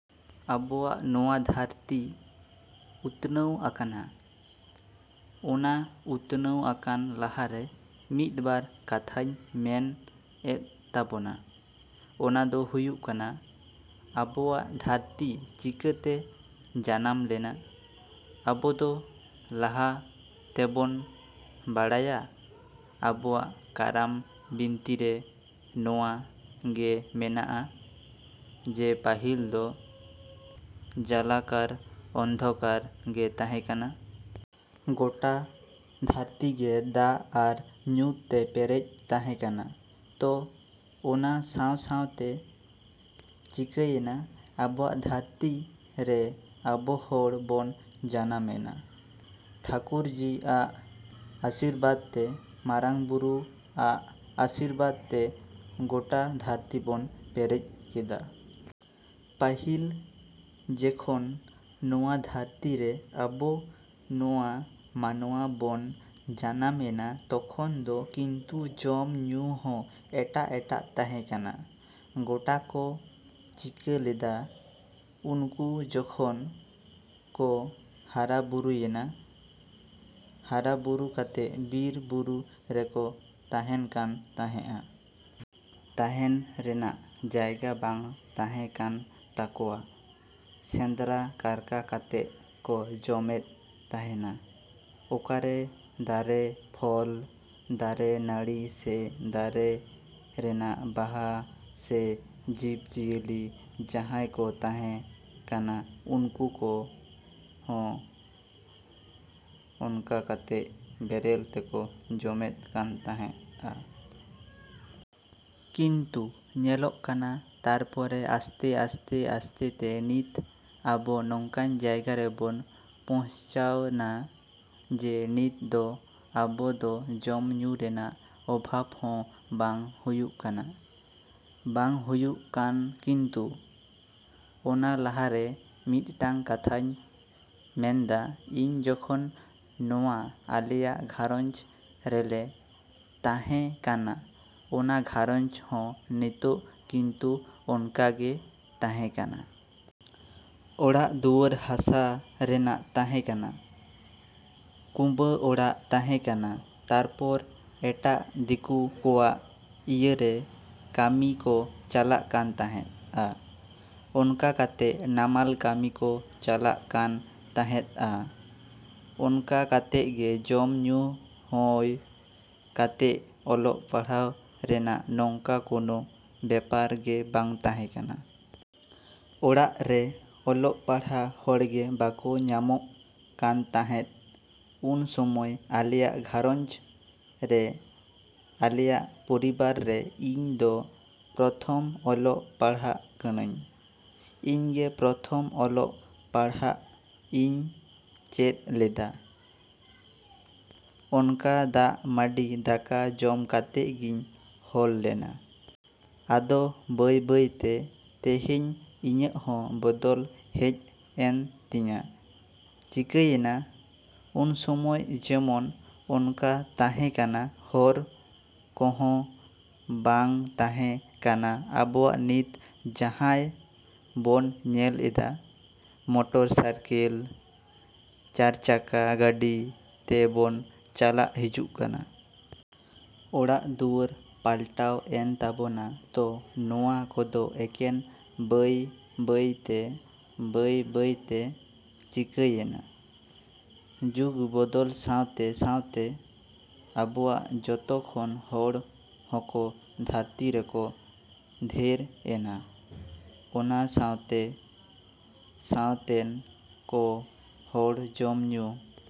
ᱟᱵᱚᱣᱟᱜ ᱱᱚᱶᱟ ᱫᱷᱟᱹᱨᱛᱤ ᱩᱛᱱᱟᱹᱣ ᱟᱠᱟᱱᱟ᱾ ᱚᱱᱟ ᱩᱛᱱᱟᱹᱣ ᱟᱠᱟᱱ ᱞᱟᱦᱟᱨᱮ ᱢᱤᱫᱵᱟᱨ ᱠᱟᱛᱷᱟᱧ ᱢᱮᱱ ᱮᱫ ᱛᱟᱵᱚᱱᱟ᱾ ᱚᱱᱟ ᱫᱚ ᱦᱳᱭᱳᱜ ᱠᱟᱱᱟ ᱟᱵᱚᱣᱟᱜ ᱫᱷᱟᱹᱨᱛᱤ ᱪᱤᱠᱟᱹᱛᱮ ᱡᱟᱱᱟᱢ ᱞᱮᱱᱟ? ᱟᱵᱚᱫᱚ ᱞᱟᱦᱟᱛᱮᱵᱚᱱ ᱵᱟᱲᱟᱭᱟ ᱟᱵᱚᱣᱟᱜ ᱠᱟᱨᱟᱢ ᱵᱤᱱᱛᱤᱨᱮ ᱱᱚᱶᱟ ᱜᱮ ᱢᱮᱱᱟᱜᱼᱟ ᱡᱮ ᱯᱟᱹᱦᱤᱞ ᱫᱚ ᱡᱟᱞᱟᱠᱟᱨ ᱚᱱᱫᱷᱚᱠᱟᱨ ᱜᱮ ᱛᱟᱦᱮᱸ ᱠᱟᱱᱟ᱾ ᱜᱚᱴᱟ ᱫᱷᱟᱹᱨᱛᱤ ᱜᱮ ᱫᱟᱜ ᱟᱨ ᱧᱩᱛ ᱛᱮ ᱯᱮᱨᱮᱡ ᱛᱟᱦᱮᱸ ᱠᱟᱱᱟ᱾ ᱛᱚ ᱚᱱᱟ ᱥᱟᱶ ᱥᱟᱶᱛᱮ ᱪᱤᱠᱟᱹᱭᱮᱱᱟ ᱟᱵᱚᱣᱟᱜ ᱫᱷᱟᱹᱨᱛᱤ ᱨᱮ ᱟᱵᱚ ᱦᱚᱲ ᱵᱚᱱ ᱡᱟᱱᱟᱢ ᱮᱱᱟ᱾ ᱴᱷᱟᱹᱠᱩᱨᱡᱤ ᱟᱜ ᱟᱥᱤᱨᱵᱟᱫᱽᱛᱮ, ᱢᱟᱨᱟᱝ ᱵᱩᱨᱩ ᱟᱜ ᱟᱹᱥᱤᱨᱵᱟᱫᱽ ᱛᱮ ᱜᱳᱴᱟ ᱫᱷᱟᱹᱨᱛᱤ ᱵᱚᱱ ᱯᱮᱨᱮᱡ ᱠᱮᱫᱟ᱾ ᱯᱟᱹᱦᱤᱞ ᱡᱮᱠᱷᱚᱱ ᱱᱚᱶᱟ ᱫᱷᱟᱹᱨᱛᱤᱨᱮ ᱟᱵᱚ ᱱᱚᱶᱟ ᱢᱟᱱᱣᱟ ᱵᱚᱱ ᱡᱟᱱᱟᱢ ᱮᱱᱟ ᱛᱚᱠᱷᱚᱱ ᱫᱚ ᱠᱤᱱᱛᱩ ᱡᱚᱢ ᱧᱩ ᱦᱚᱸ ᱮᱴᱟᱜ ᱮᱴᱟᱜ ᱛᱟᱦᱮᱸ ᱠᱟᱱᱟ᱾ ᱜᱳᱴᱟ ᱠᱚ ᱪᱤᱠᱟ ᱞᱮᱫᱟ? ᱩᱱᱠᱩ ᱡᱚᱠᱷᱚᱱ ᱠᱚ ᱦᱟᱨᱟ ᱵᱩᱨᱩᱭᱮᱱᱟ, ᱦᱟᱨᱟ ᱵᱩᱨᱩ ᱠᱟᱛᱮᱫ ᱵᱤᱨ ᱵᱩᱨᱩ ᱨᱮᱠᱚ ᱛᱟᱦᱮᱱ ᱠᱟᱱ ᱛᱟᱦᱮᱫᱼᱟ᱾ ᱛᱟᱦᱮᱱ ᱨᱮᱱᱟᱜ ᱡᱟᱭᱜᱟ ᱵᱟᱝ ᱛᱟᱦᱮ ᱠᱟᱱ ᱛᱟᱠᱚᱣᱟ᱾ ᱥᱮᱸᱫᱽᱨᱟ ᱠᱟᱨᱠᱟ ᱠᱟᱛᱮᱜ ᱠᱚ ᱡᱚᱢ ᱮᱫ ᱛᱟᱸᱦᱮᱱᱟ᱾ ᱚᱠᱟᱨᱮ ᱫᱟᱨᱮ ᱯᱷᱚᱞ, ᱫᱟᱨᱮ ᱱᱟᱲᱤ ᱥᱮ ᱫᱟᱨᱮ ᱨᱮᱱᱟᱜ ᱵᱟᱦᱟ ᱥᱮ ᱡᱤᱵᱽ ᱡᱤᱭᱟᱹᱞᱤ ᱡᱟᱦᱟᱸᱭ ᱠᱚ ᱛᱟᱦᱮᱸ ᱠᱟᱱᱟ ᱩᱱᱠᱩ ᱠᱚᱸᱦᱚ ᱚᱱᱠᱟ ᱠᱟᱛᱮᱫ ᱵᱮᱨᱮᱞ ᱛᱮᱠᱚ ᱡᱚᱢ ᱮᱫ ᱠᱟᱱ ᱛᱟᱦᱮᱸᱫᱼᱟ᱾ ᱠᱤᱱᱛᱩ ᱧᱮᱞᱚᱜ ᱠᱟᱱᱟ ᱛᱟᱨᱯᱚᱨᱮ ᱟᱥᱛᱮ ᱟᱥᱛᱮ ᱟᱥᱛᱮ ᱛᱮ ᱱᱤᱛ ᱟᱵᱚ ᱱᱚᱝᱠᱟᱱ ᱡᱟᱭᱜᱟ ᱨᱮᱵᱚᱱ ᱯᱳᱣᱪᱷᱟᱣᱱᱟ ᱡᱮ ᱱᱤᱛ ᱫᱚ ᱟᱵᱚ ᱫᱚ ᱡᱚᱢ ᱧᱩ ᱨᱮᱱᱟᱜ ᱚᱵᱷᱟᱵᱽ ᱦᱚᱸ ᱵᱟᱝ ᱦᱳᱭᱳᱜ ᱠᱟᱱᱟ᱾ ᱵᱟᱝ ᱦᱳᱭᱳᱜ ᱠᱟᱱ ᱠᱤᱱᱛᱩ ᱚᱱᱟ ᱞᱟᱦᱟᱨᱮ ᱢᱤᱫᱴᱟᱱ ᱠᱟᱛᱷᱟᱧ ᱢᱮᱱᱫᱟ ᱤᱧ ᱡᱚᱠᱷᱚᱱ ᱱᱚᱶᱟ ᱟᱞᱮᱭᱟᱜ ᱜᱷᱟᱸᱨᱚᱧᱡᱽ ᱨᱮᱞᱮ ᱛᱟᱦᱮᱸ ᱠᱟᱱᱟ ᱚᱱᱟ ᱜᱷᱟᱸᱨᱚᱧᱡᱽ ᱦᱚᱸ ᱱᱤᱛᱚᱜ ᱠᱤᱱᱛᱩ ᱚᱱᱠᱟᱜᱮ ᱛᱟᱦᱮᱸ ᱠᱟᱱᱟ᱾ ᱚᱲᱟᱜ ᱫᱩᱣᱟᱹᱨ ᱦᱟᱥᱟ ᱨᱮᱱᱟᱜ ᱛᱟᱦᱮᱸ ᱠᱟᱱᱟ, ᱠᱩᱸᱵᱟᱹ ᱚᱲᱟᱜ ᱛᱟᱦᱮᱸ ᱠᱟᱱᱟ ᱛᱟᱨᱯᱚᱨ ᱮᱴᱟᱜ ᱫᱤᱠᱳ ᱠᱚᱣᱟᱜ ᱤᱭᱟᱹᱨᱮ ᱠᱟᱹᱢᱤ ᱠᱚ ᱪᱟᱞᱟᱜ ᱠᱟᱱ ᱛᱟᱦᱮᱫᱼᱟ᱾ ᱚᱱᱠᱟ ᱠᱟᱛᱮᱫ ᱱᱟᱢᱟᱞ ᱠᱟᱹᱢᱤ ᱠᱚ ᱪᱟᱞᱟᱜ ᱠᱟᱱ ᱛᱟᱦᱮᱸᱫᱼᱟ᱾ ᱚᱱᱠᱟ ᱠᱟᱛᱮᱫ ᱜᱮ ᱡᱚᱢ ᱧᱩ ᱦᱳᱭ ᱠᱟᱛᱮᱫ ᱚᱞᱚᱜ ᱯᱟᱲᱦᱟᱜ ᱨᱮᱱᱟᱜ ᱱᱚᱝᱠᱟ ᱠᱳᱱᱳ ᱵᱮᱯᱟᱨ ᱜᱮ ᱵᱟᱝ ᱛᱟᱦᱮᱸ ᱠᱟᱱᱟ᱾ ᱚᱲᱟᱜ ᱨᱮ ᱚᱞᱚᱜ ᱯᱟᱲᱦᱟᱣ ᱦᱚᱲᱜᱮ ᱵᱟᱠᱚ ᱧᱟᱢᱚᱜ ᱠᱟᱱ ᱛᱟᱦᱮᱸᱫ ᱩᱱ ᱥᱳᱢᱳᱭ ᱟᱞᱮᱭᱟᱜ ᱜᱷᱟᱨᱚᱸᱧᱪ ᱨᱮ, ᱟᱞᱮᱭᱟ ᱯᱚᱨᱤᱵᱟᱨ ᱨᱮ ᱤᱧ ᱫᱚ ᱯᱨᱚᱛᱷᱚᱢ ᱚᱞᱚᱜ ᱯᱟᱲᱦᱟᱜ ᱠᱟᱱᱟᱹᱧ᱾ ᱤᱧᱜᱮ ᱯᱨᱚᱛᱷᱚᱢ ᱚᱞᱚᱜ ᱯᱟᱲᱦᱟᱜ ᱤᱧ ᱪᱮᱫ ᱞᱮᱫᱟ᱾ ᱚᱱᱠᱟᱫᱟᱜ ᱢᱟᱰᱤ ᱫᱟᱠᱟ ᱡᱚᱢ ᱠᱟᱛᱮᱫ ᱜᱤᱧ ᱦᱚᱲ ᱞᱮᱱᱟ᱾ ᱟᱫᱚ ᱵᱟᱹᱭ ᱵᱟᱹᱭᱛᱮ ᱛᱮᱹᱦᱮᱹᱧ ᱤᱧᱟᱹᱜ ᱦᱚᱸ ᱵᱚᱫᱚᱞ ᱦᱮᱡ ᱮᱱ ᱛᱤᱧᱟ᱾ ᱪᱤᱠᱟᱹᱭᱮᱱᱟ ᱩᱱᱥᱳᱢᱳᱭ ᱡᱮᱢᱚᱱ ᱚᱱᱠᱟ ᱛᱟᱦᱮᱸ ᱠᱟᱱᱟ ᱦᱚᱨ ᱠᱚᱸᱦᱚᱸ ᱵᱟᱝ ᱛᱟᱦᱮᱸ ᱠᱟᱱᱟ ᱟᱵᱚᱣᱟᱜ ᱱᱤᱛ ᱡᱟᱦᱟᱭ ᱵᱚᱱ ᱧᱮᱞ ᱮᱫᱟ᱾ ᱢᱳᱴᱚᱨ ᱥᱟᱭᱠᱮᱞ, ᱪᱟᱨᱪᱟᱠᱟ ᱜᱟᱹᱰᱤ ᱛᱮ ᱵᱚᱱ ᱪᱟᱞᱟᱜ ᱦᱤᱡᱩᱜ ᱠᱟᱱᱟ᱾ ᱚᱲᱟᱜ ᱫᱩᱣᱟᱹᱨ ᱯᱟᱞᱴᱟᱣ ᱮᱱ ᱛᱟᱵᱚᱱᱟ᱾ ᱛᱚ ᱱᱚᱶᱟ ᱠᱚᱫᱚ ᱮᱠᱮᱱ ᱵᱟᱹᱭ ᱵᱟᱹᱭᱛᱮ ᱵᱟᱹᱭ ᱵᱟᱹᱭᱛᱮ ᱪᱤᱠᱟᱭᱮᱱᱟ? ᱡᱩᱜᱽ ᱵᱚᱫᱚᱞ ᱥᱟᱶᱛᱮ ᱥᱟᱶᱛᱮ ᱟᱵᱚᱣᱟᱜ ᱡᱚᱛᱚᱠᱷᱚᱱ ᱦᱚᱲ ᱦᱚᱠᱚ ᱫᱷᱟᱹᱨᱛᱤ ᱨᱮᱠᱚ ᱫᱷᱮᱨ ᱮᱱᱟ ᱚᱱᱟ ᱥᱟᱶᱛᱮ ᱥᱟᱶᱛᱮᱱ ᱠᱚ ᱦᱚᱲ ᱡᱚᱢ ᱧᱩ